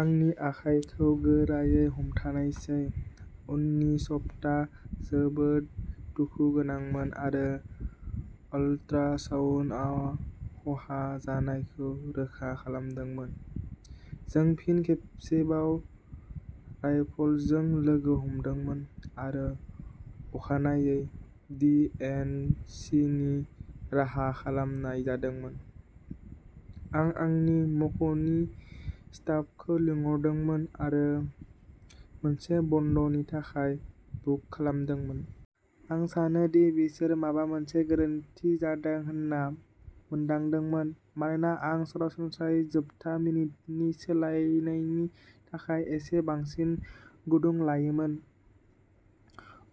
आंनि आखायखौ गोरायै हमथानायसै। उननि सप्ता जोबोद दुखु गोनांमोन आरो आल्ट्रासाउन्डआ खहा जानायखौ रोखा खालामदोंमोन। जों फिन खेबसेबाव राल्फजों लोगो हमदोंमोन आरो अखानायै डि एन्ड सि नि राहा खालामनाय जादोंमोन। आं आंनि मावख'नि स्टाफखौ लिंहरदोंमोन आरो सानसे बन्द'नि थाखाय बुक खालामदोंमोन। आं सानो दि बिसोर माबा मोनसे गोरोन्थि जादों होनना मोनदांदोंमोन मानोना आं सरासनस्रायै जोबथा मिनिटनि सोलायनायनि थाखाय एसे बांसिन गुदुं लायोमोन।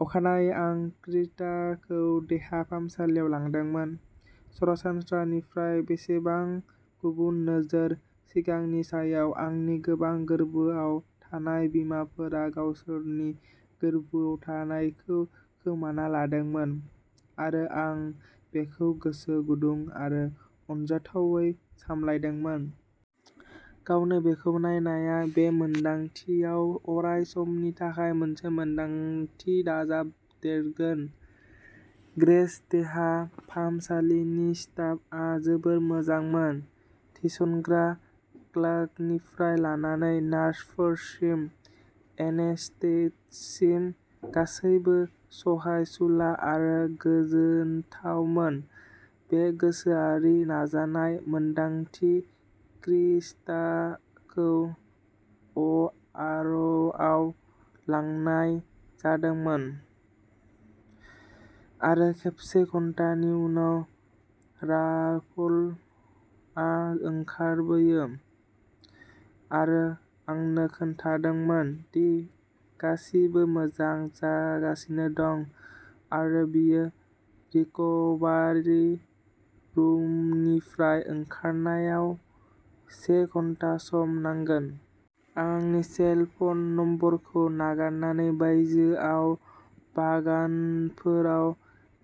अखानायै आं क्रिस्टाखौ देहा फाहामसालियाव लांदोंमोन। सरासनस्रानिफ्राय बेसेबां गुबुन नोजोर। सिगांनि समाव आंनि गोबां गोर्बोआव थानाय बिमाफोरा गावसोरनि गोर्बोआव थानायखौ खोमाना लादोंमोन आरो आं बेखौ गोसो गुदुं आरो अनजाथावै सामलायदोंमोन। गावनो बेखौ नायनाया बे मोनदांथियाव अराय समनि थाखाय मोनसे मोनदांथि दाजाबदेरगोन। ग्रेस देहा फाहामसालिनि स्टाफआ जोबोद मोजांमोन। थिसनग्रा क्लार्कनिफ्राय लानानै नार्सफोरसिम, एनेस्थेटिस्टसिम गासैबो सहायसुला आरो गोजोनथावमोन। बे गोसोआरि नाजानाय मोन्दांथि। क्रिस्टाखौ अआरआव लांनाय जादोंमोन आरो खावसे घन्टानि उनाव राल्फआ ओंखारबोयो आरो आंनो खोन्थादोंमोन दि गासिबो मोजां जागासिनो दं आरो बियो रिक'भारि रुमनिफ्राय ओंखारनायाव से घन्टा सम नांगोन। आं आंनि सेल फन नम्बरखौ नागारनानै बायजोआव बागानफोराव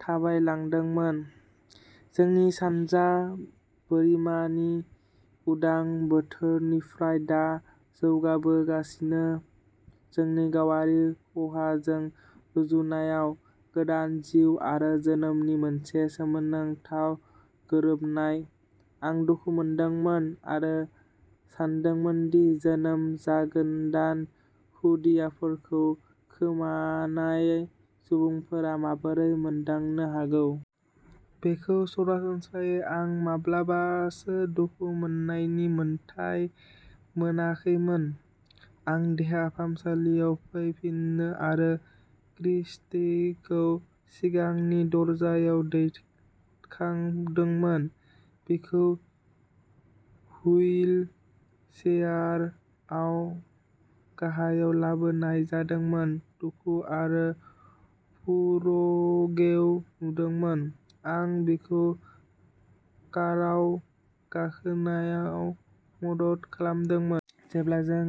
थाबायलांदोंमोन, जोंनि सानजा बोरिमानि उदां बोथोरनिफ्राय दा जौगाबोगासिनो, जोंनि गावारि खहाजों रुजुनायाव गोदान जिउ आरो जोनोमनि मोनसे सोमोनांथाव गोरोबनाय। आं दुखु मोनदोंमोन आरो सानदोंमोन दि जोनोम जागोदान खुदियाफोरखौ खोमानाय सुबुंफोरा माबोरै मोनदांनो हागौ। बेखौ सान्नानै आं माब्लाबासो दुखु मोन्नायनि मोन्थाइ मोनाखैमोन। आं देहा फाहामसालियाव फैफिनो आरो क्रिस्टाखौ सिगांनि दरजायाव दैखांदोंमोन। बिखौ हुइल चेयारआव गाहायाव लाबोनाय जादोंमोन, दुखु आरो फुरगेव नुदोंमोन। आं बिखौ काराव गाखोनायाव मदद खालामदोंमोन। जेब्ला जों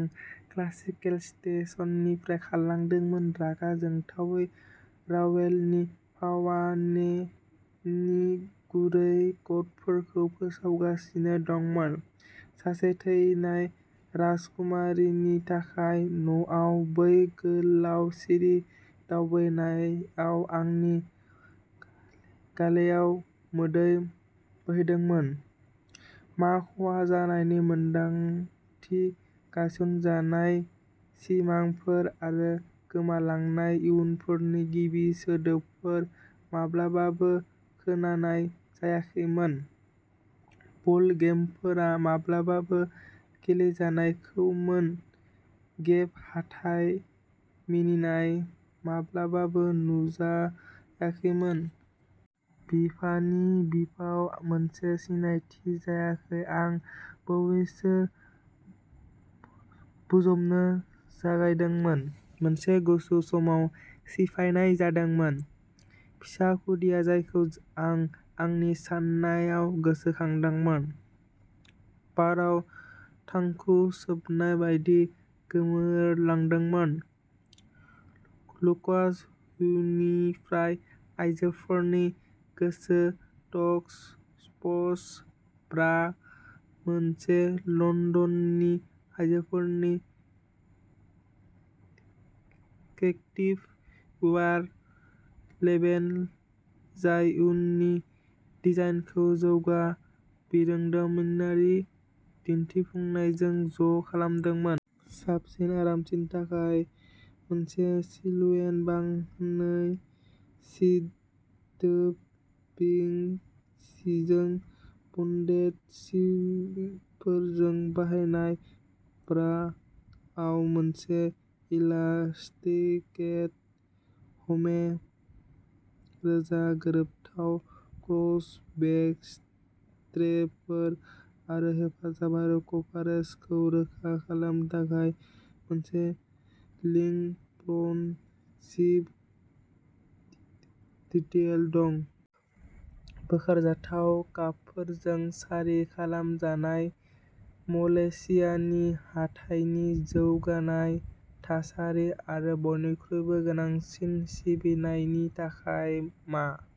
क्लासिकेल स्टेशननिफ्राय खारलांदोंमोन, रागा जोंथावै रावेलनि पावाने नि गुरै कर्डफोरखौ फोसावगासिनो दंमोन। सासे थैनाय राजकुमारीनि थाखाय। न'आव बै गोलाव सिरि दावबायनायाव आंनि गालेआव मोदै बोहैदोंमोन। मा खहा जानायनि मोनदांथि, गायसनजानाय सिमांफोर आरो गोमालांनाय इयुनफोरनि गिबि सोदोबफोर माब्लाबाबो खोनानाय जायाखैमोन, बल गेमफोरा माब्लाबाबो गेलेजायाखैमोन, गेप हाथाइ मिनिनाय माब्लाबाबो नुजायाखैमोन। बिफानि बिफाव, मोनसे सिनायथि जायखौ आं बावैसो बोजबनो जागायदोंमोन, मोनसे गुसुं समाव सिफायनाय जादोंमोन। फिसा खुदिया, जायखौ आं आंनि साननायाव गोसो खांदोंमोन, बाराव थांखु सोबनाय बायदि गोमोरदोंमोन। लुकास ह्यूनिफ्राय आयजोफोरनि गोसोम'टर्क'स्पर्टस ब्रा मोनसे लन्दननि आयजोफोरनि एक्टिभ वेयार लेबेल जाय इयुनारि डिजाइनखौ जौगा बिरोंदामिनारि दिन्थिफुंनायजों ज' खालामो। साबसिन आरामनि थाखाय मोनसे सिलुएट बांहोनाय, सिदोब विकिं जिजों बन्डेड सिमफोरजों बानायनाय, ब्राआव मोनसे इलास्टिकेटेड हेम, रोजा गोरोबथाव क्रस बेक स्ट्रेपफोर आरो हेफाजाब आरो कभारेजखौ रोखा खालामनो थाखाय मोनसे लकिं फ्रन्ट जिप डिटेइल दं। बोखारजाथाव कापफोरजों सारि खालामजानाय। मलेशियानि हाथाइनि जौगानाय थासारि आरो बयनिख्रुइबो गोनांसिन सिबिथायनि थाखाय मा?